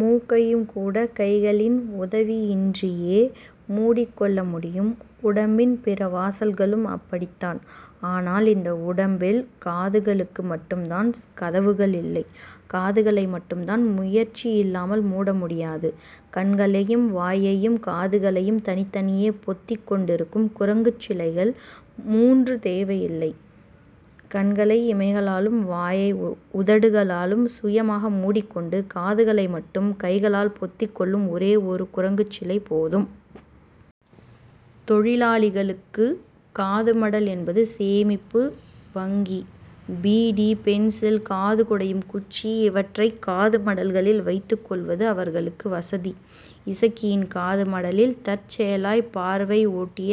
முக்கையும்கூடக் கைகளின் உதவியின்றியே முடிக்கொள்ள முடியும். உடம்பின் பிற வாசல்களும் அப்படித்தான். ஆனால், இந்த உடம்பில் காதுகளுக்கு மட்டும்தான் கதவுகளில்லை. காதுகளை மட்டும்தான் முயற்சி இல்லாமல் முட முடியாது. கண்களையும் வாயையும் காதுகளையும் தனித்தனியே பொத்திக் கொண்டிருக்கும் குரங்குச் சிலைகள் முன்று தேவையில்லை. கண்களை இமைகளாலும் வாயை உதடுகளாலும் சுயமாக முடிக்கொண்டு, காதுகளை மட்டும் கைகளால் பொத்திக்கொள்ளும் ஒரே ஒரு குரங்குச் சிலை போதும். தொழிலாளிகளுக்குக் காதுமடல் என்பது சேமிப்பு வங்கி. பீடி, பென்சில், காது குடையும் குச்சி இவற்றைக் காதுமடல்களில் வைத்துக்கொள்வது அவர்களுக்கு வசதி. இசக்கியின் காதுமடலில் தற்செயலாய்ப் பார்வை ஓட்டிய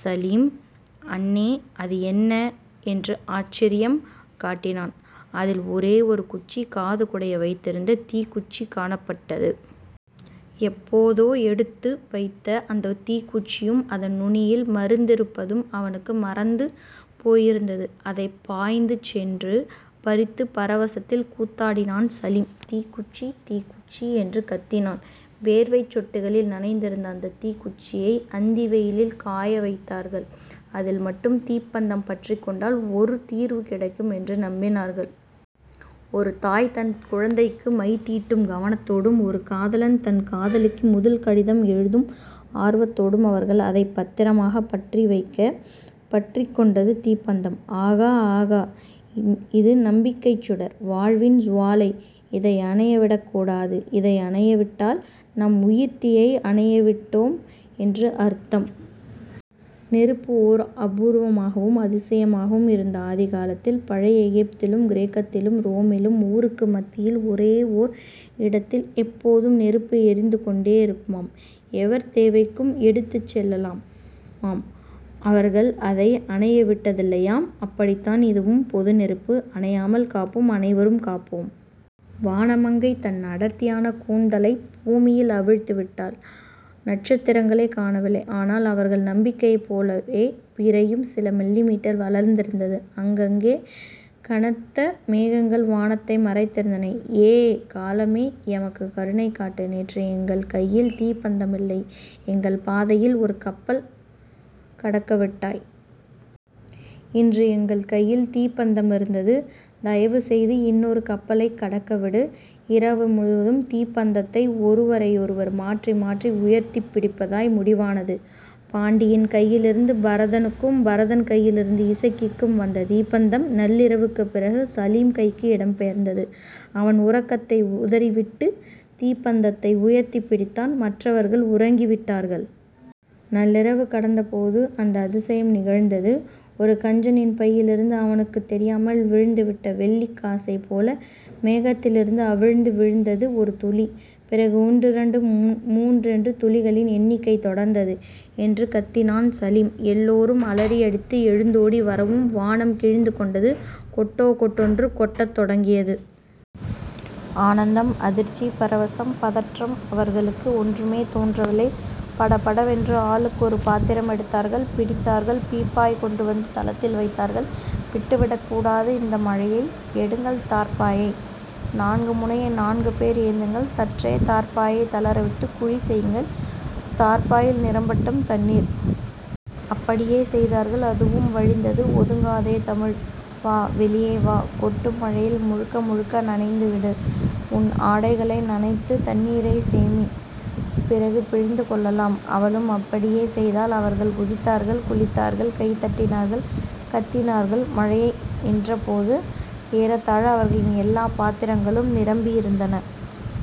சலீம், அண்ணே. அது என்ன? என்று ஆச்சரியம் காட்டினான். அதில் ஒரே ஒரு குச்சி காது குடைய வைத்திருந்த தீக்குச்சி காணப்பட்டது. எப்போதோ எடுத்து வைத்த அந்தத் தீக்குச்சியும் அதன் நுனியில் மருந்திருப்பதும் அவனுக்கு மறந்து போயிருந்தது. அதைப் பாய்ந்துசென்று பறித்துப் பரவசத்தில் கூத்தாடினான் சலீம். தீக்குச்சி. தீக்குச்சி. என்று கத்தினான். வேர்வைச் சொட்டுகளில் நனைந்திருந்த அந்தத் தீக்குச்சியை அந்திவெயிலில் காயவைத்தார்கள். அதில் மட்டும் தீப்பந்தம் பற்றிக்கொண்டால் ஒரு தீர்வு கிடைக்கும் என்று நம்பினார்கள். ஒரு தாய் தன் குழந்தைக்கு மைதீட்டும் கவனத்தோடும், ஒரு காதலன் தன் காதலிக்கு முதல் கடிதம் எழுதும் ஆர்வத்தோடும் அவர்கள் அதைப் பத்திரமாகப் பற்றவைக்க, பற்றிக்கொண்டது தீப்பந்தம். ஆகா. ஆகா. இது நம்பிக்கைச் சுடர். வாழ்வின் ஜுவாலை. இதை அணைய விடக்கூடாது. இதை அணையவிட்டால், நம் உயிர்த்தீயை அணையவிட்டோ ம் என்று அர்த்தம். நெருப்பு ஓர் அபூர்வமாகவும் அதிசயமாகவும் இருந்த ஆதிகாலத்தில், பழைய எகிப்திலும் கிரேக்கத்திலும் ரோமிலும் ஊருக்கு மத்தியில் ஒரே ஓர் இடத்தில், எப்போதும் நெருப்பு எரிந்து கொண்டேயிருக்குமாம். எவர் தேவைக்கும் எடுத்துச் செல்லலாமாம். அவர்கள் அதை அணையவிட்டதில்லையாம். அப்படித்தான் இதுவும் பொதுநெருப்பு. அணையாமல் காப்போம். அனைவரும் காப்போம். வானமங்கை தன் அடர்த்தியான கூந்தலைப் பூமியில் அவிழ்த்துவிட்டாள். நட்சத்திரங்களைக் காணவில்லை. ஆனால், அவர்கள் நம்பிக்கையைப் போலவே, பிறையும் சில மில்லிமீட்டர் வளர்ந்திருந்தது. அங்கங்கே கனத்த மேகங்கள் வானத்தை மறைத்திருந்தன. ஏ காலமே. எமக்குக் கருணை காட்டு. நேற்று எங்கள் கையில் தீப்பந்தமில்லை. எங்கள் பாதையில் ஒரு கப்பல் கடக்கவிட்டாய். இன்று எங்கள் கையில் தீப்பந்தமிருக்கிறது, தயவுசெய்து இன்னொரு கப்பலைக் கடக்கவிடு. இரவு முழுவதும் தீப்பந்தத்தை ஒருவரையெருவர் மாற்றி மாற்றி உயர்த்திப் பிடிப்பதாய் முடிவானது. பாண்டியின் கையிலிருந்து பரதனுக்கும், பரதன் கையிலிருந்து இசக்கிக்கும் வந்த தீப்பந்தம் நள்ளிரவுக்குப் பிறகு சலீம் கைக்கு இடம் பெயர்ந்தது. அவன் உறக்கத்தை உதறிவிட்டுத் தீப்பந்தத்தை உயர்த்திப் பிடித்தான், மற்றவர்கள் உறங்கிவிட்டார்கள். நள்ளிரவு கடந்தபோது, அந்த அதிசயம் நிகழ்ந்தது. ஒரு கஞ்சனின் பையிலிருந்து அவனுக்குத் தெரியாமல் விழுந்துவிட்ட வெள்ளிக் காசைப்போல, மேகத்திலிருந்து அவிழ்ந்து விழுந்தது ஒரு துளி. பிறகு, ஒன்றிரண்டு முன்றென்று துளிகளின் எண்ணிக்கை தொடர்ந்தது. என்று கத்தினான் சலீம். எல்லோரும் அலறியடித்து எழுந்தோடி வரவும் வானம் கிழிந்து கொண்டது கொட்டோ கொட்டேன்று கொட்டத் தொடங்கியது. ஆனந்தம் அதிர்ச்சி பரவசம் பதற்றம்.... அவர்களுக்கு ஒன்றுமே தோன்றவில்லை. படபடவென்று ஆளுக்கொரு பாத்திரம் எடுத்தார்கள், பிடித்தார்கள். பீப்பாய் கொண்டுவந்து தளத்தில் வைத்தார்கள் விட்டுவிடக்கூடாது இந்த மழையை எடுங்கள் தார்ப்பாயை. நான்கு முனையை நான்கு பேர் ஏந்துங்கள் சற்றே தார்ப்பாயைத் தளரவிட்டுக் குழி செய்யுங்கள், தார்ப்பாயில் நிரம்பட்டும் தண்ணீர். அப்படியே செய்தார்கள், அதுவும் வழிந்தது. ஒதுங்காதே தமிழ். வா, வெளியே வா. கொட்டும் மழையில் முழுக்க முழுக்க நனைந்துவிடு. உன் ஆடைகளை நனைத்துத் தண்ணீரைச் சேமி, பிறகு பிழிந்து கொள்ளலாம், அவளும் அப்படியே செய்தாள். அவர்கள் குதித்தார்கள் குளித்தார்கள் கைதட்டினார்கள், கத்தினார்கள். மழை நின்றபோது, ஏறத்தாழ அவர்களின் எல்லாப் பாத்திரங்களும் நிரம்பியிருந்தன.